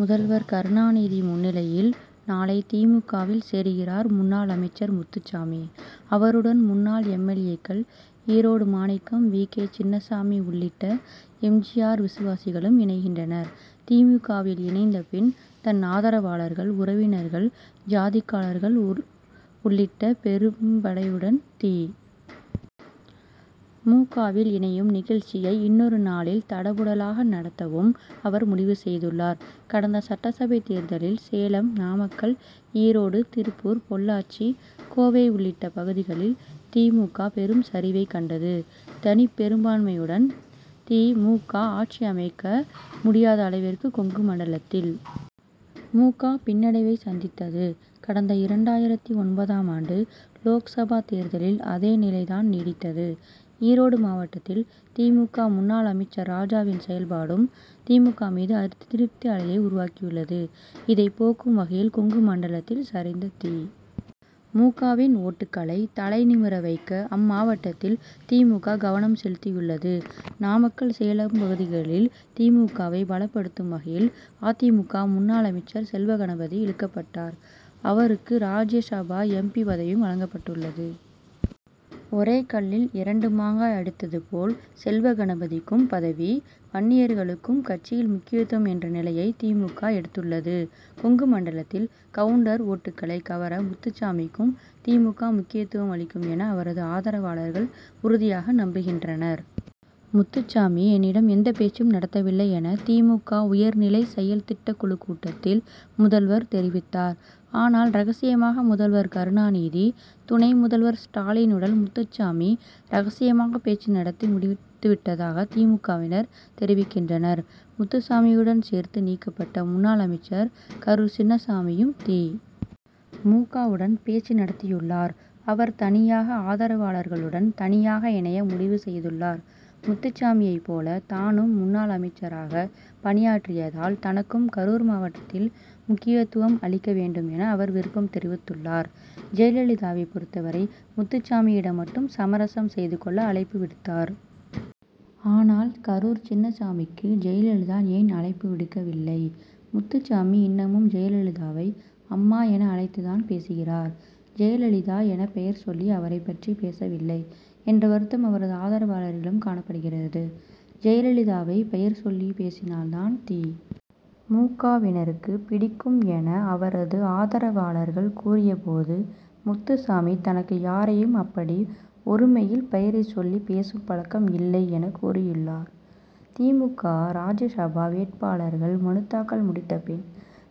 முதல்வர் கருணாநிதி முன்னிலையில் நாளை தி. மு. க.,வில் சேருகிறார் முன்னாள் அமைச்சர் முத்துசாமி. அவருடன் முன்னாள் எம். எல். ஏ.,க்கள் ஈரோடு மாணிக்கம், வி. கே. சின்னசாமி உள்ளிட்ட எம். ஜி. ஆர்., விசுவாசிகளும் இணைகின்றனர். தி. மு. க.,வில் இணைந்த பின், தன் ஆதரவாளர்கள், உறவினர்கள், ஜாதிக்காரர்கள் உள்ளிட்ட பெரும்படையுடன் தி. மு. க.,வில் இணையும் நிகழ்ச்சியை இன்னொரு நாளில் தடபுடலாக நடத்தவும் அவர் முடிவு செய்துள்ளார். கடந்த சட்டசபை தேர்தலில் சேலம், நாமக்கல், ஈரோடு, திருப்பூர், பொள்ளாச்சி, கோவை உள்ளிட்ட பகுதிகளில் தி. மு. க., பெரும் சரிவை கண்டது. தனிப்பெரும்பான்மையுடன் தி. மு. க., ஆட்சி அமைக்க முடியாத அளவிற்கு கொங்கு மண்டலத்தில் தி. மு. க., பின்னடைவை சந்தித்தது. கடந்த இரண்டாயிரத்து ஒன்பதாம் ஆண்டு லோக்சபா தேர்தலில் அதே நிலை தான் நீடித்தது. ஈரோடு மாவட்டத்தில் தி. மு. க., முன்னாள் அமைச்சர் ராஜாவின் செயல்பாடும் தி. மு. க., மீது அதிருப்தி அலையை உருவாக்கியுள்ளது. இதை போக்கும் வகையில், கொங்கு மண்டலத்தில் சரிந்த தி. மு. க.,வின் ஓட்டுக்களை தலை நிமிர வைக்க அம்மாவட்டத்தில் தி. மு. க., கவனம் செலுத்தியுள்ளது. நாமக்கல், சேலம் பகுதிகளில் தி. மு. க.,வை பலப்படுத்தும் வகையில் அ. தி. மு. க., முன்னாள் அமைச்சர் செல்வகணபதி இழுக்கப்பட்டார். அவருக்கு ராஜ்யசபா எம். பி., பதவியும் வழங்கப்பட்டுள்ளது. ஒரே கல்லில் இரண்டு மாங்காய் அடித்தது போல் செல்வகணபதிக்கும் பதவி, வன்னியர்களுக்கும் கட்சியில் முக்கியத்துவம் என்ற நிலையை தி. மு. க., எடுத்துள்ளது. கொங்கு மண்டலத்தில் கவுண்டர் ஓட்டுக்களை கவர முத்துசாமிக்கும் தி. மு. க., முக்கியத்துவம் அளிக்கும் என அவரது ஆதரவாளர்கள் உறுதியாக நம்புகின்றனர். முத்துசாமி என்னிடம் எந்த பேச்சும் நடத்தவில்லை' என தி. மு. க., உயர்நிலை செயல்திட்டக் குழுக் கூட்டத்தில் முதல்வர் தெரிவித்தார். ஆனால், ரகசியமாக முதல்வர் கருணாநிதி, துணை முதல்வர் ஸ்டாலினுடன் முத்துசாமி ரகசிய பேச்சு நடத்தி முடித்து விட்டதாக தி. மு. க.,வினர் தெரிவிக்கின்றனர். முத்துசாமியுடன் சேர்த்து நீக்கப்பட்ட முன்னாள் அமைச்சர் கரூர் சின்னசாமியும் தி. மு. க.,வுடன் பேச்சு நடத்தியுள்ளார். அவர் தனியாக ஆதரவாளர்களுடன் தனியாக இணைய முடிவு செய்துள்ளார். முத்துசாமியை போல தானும் முன்னாள் அமைச்சராக பணியாற்றியதால் தனக்கும் கரூர் மாவட்டத்தில் முக்கியத்துவம் அளிக்க வேண்டும் என அவர் விருப்பம் தெரிவித்துள்ளார். ஜெயலலிதாவை பொருத்தவரை, முத்துசாமியிடம் மட்டும் சமரசம் செய்துக் கொள்ள அழைப்பு விடுத்தார். ஆனால், கரூர் சின்னசாமிக்கு ஜெயலலிதா ஏன் அழைப்பு விடுக்கவில்லை. முத்துசாமி இன்னமும் ஜெயலலிதாவை அம்மா' என அழைத்து தான் பேசுகிறார். ஜெயலலிதா என பெயர் சொல்லி அவரை பற்றி பேசவில்லை என்ற வருத்தம் அவரது ஆதரவாளர்களிடம் காணப்படுகிறது. ஜெயலலிதாவை பெயர் சொல்லி பேசினால் தான் தி. மு. க.,வினருக்கு பிடிக்கும் என அவரது ஆதரவாளர்கள் கூறியபோது, முத்துசாமி தனக்கு யாரையும் அப்படி ஒருமையில் பெயரை சொல்லி பேசும் பழக்கம் இல்லை' எனக் கூறியுள்ளார். தி. மு. க., ராஜ்யசபா வேட்பாளர்கள் மனுத்தாக்கல் முடித்த பின்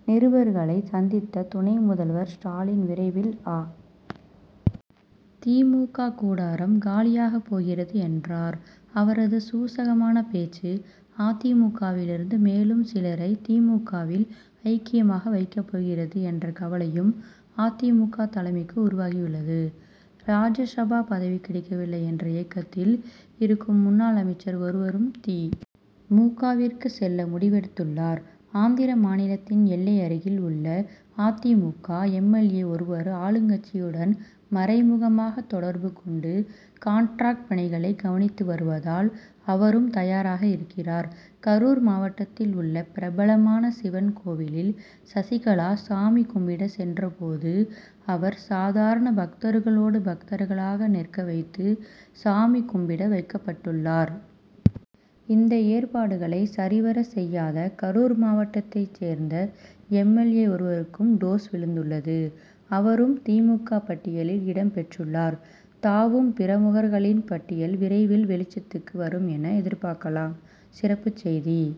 நிருபர்களை சந்தித்த துணை முதல்வர் ஸ்டாலின் விரைவில் அ. தி. மு. க., கூடாராம் காலியாகப் போகிறது' என்றார். அவரது சூசகமான பேச்சு, அ. தி. மு. க., விலிருந்து மேலும் சிலரை தி. மு. க.,வில் ஐக்கியமாக வைக்கப் போகிறது என்ற கவலையும் அ. தி. மு. க., தலைமைக்கு உருவாகியுள்ளது. ராஜ்யசபா பதவி கிடைக்க வில்லை என்ற ஏக்கத்தில் இருக்கும் முன்னாள் அமைச்சர் ஒருவரும் தி. மு. க.,விற்கு செல்ல முடிவெடுத்துள்ளார். ஆந்திரா மாநிலத்தின் எல்லை அருகில் உள்ள அ. தி. மு. க., எம். எல். ஏ., ஒருவர் ஆளுங்கட்சியுடன் மறைமுகமாக தொடர்பு கொண்டு கான்ட்ராக்ட் பணிகளை கவனித்து வருவதால் அவரும் தயாராக இருக்கிறார். கரூர் மாவட்டத்தில் உள்ள பிரபலமான சிவன் கோவிலில் சசிகலா சாமி கும்பிட சென்ற போது அவர் சாதாரண பக்தர்களோடு பக்தராக நிற்க வைத்து சாமி கும்பிட வைக்கப்பட்டுள்ளார். இந்த ஏற்பாடுகளை சரிவர செய்யாத கரூர் மாவட்டத்தை சேர்ந்த எம். எல். ஏ., ஒருவருக்கும் டோஸ்' விழுந்துள்ளது. அவரும் தி. மு. க., பட்டியலில் இடம் பெற்றுள்ளார். தாவும் பிரமுகர்களின் பட்டியல் விரைவில் வெளிச்சத்துக்கு வரும் என எதிர்பார்க்கலாம். சிறப்புச் செய்தி -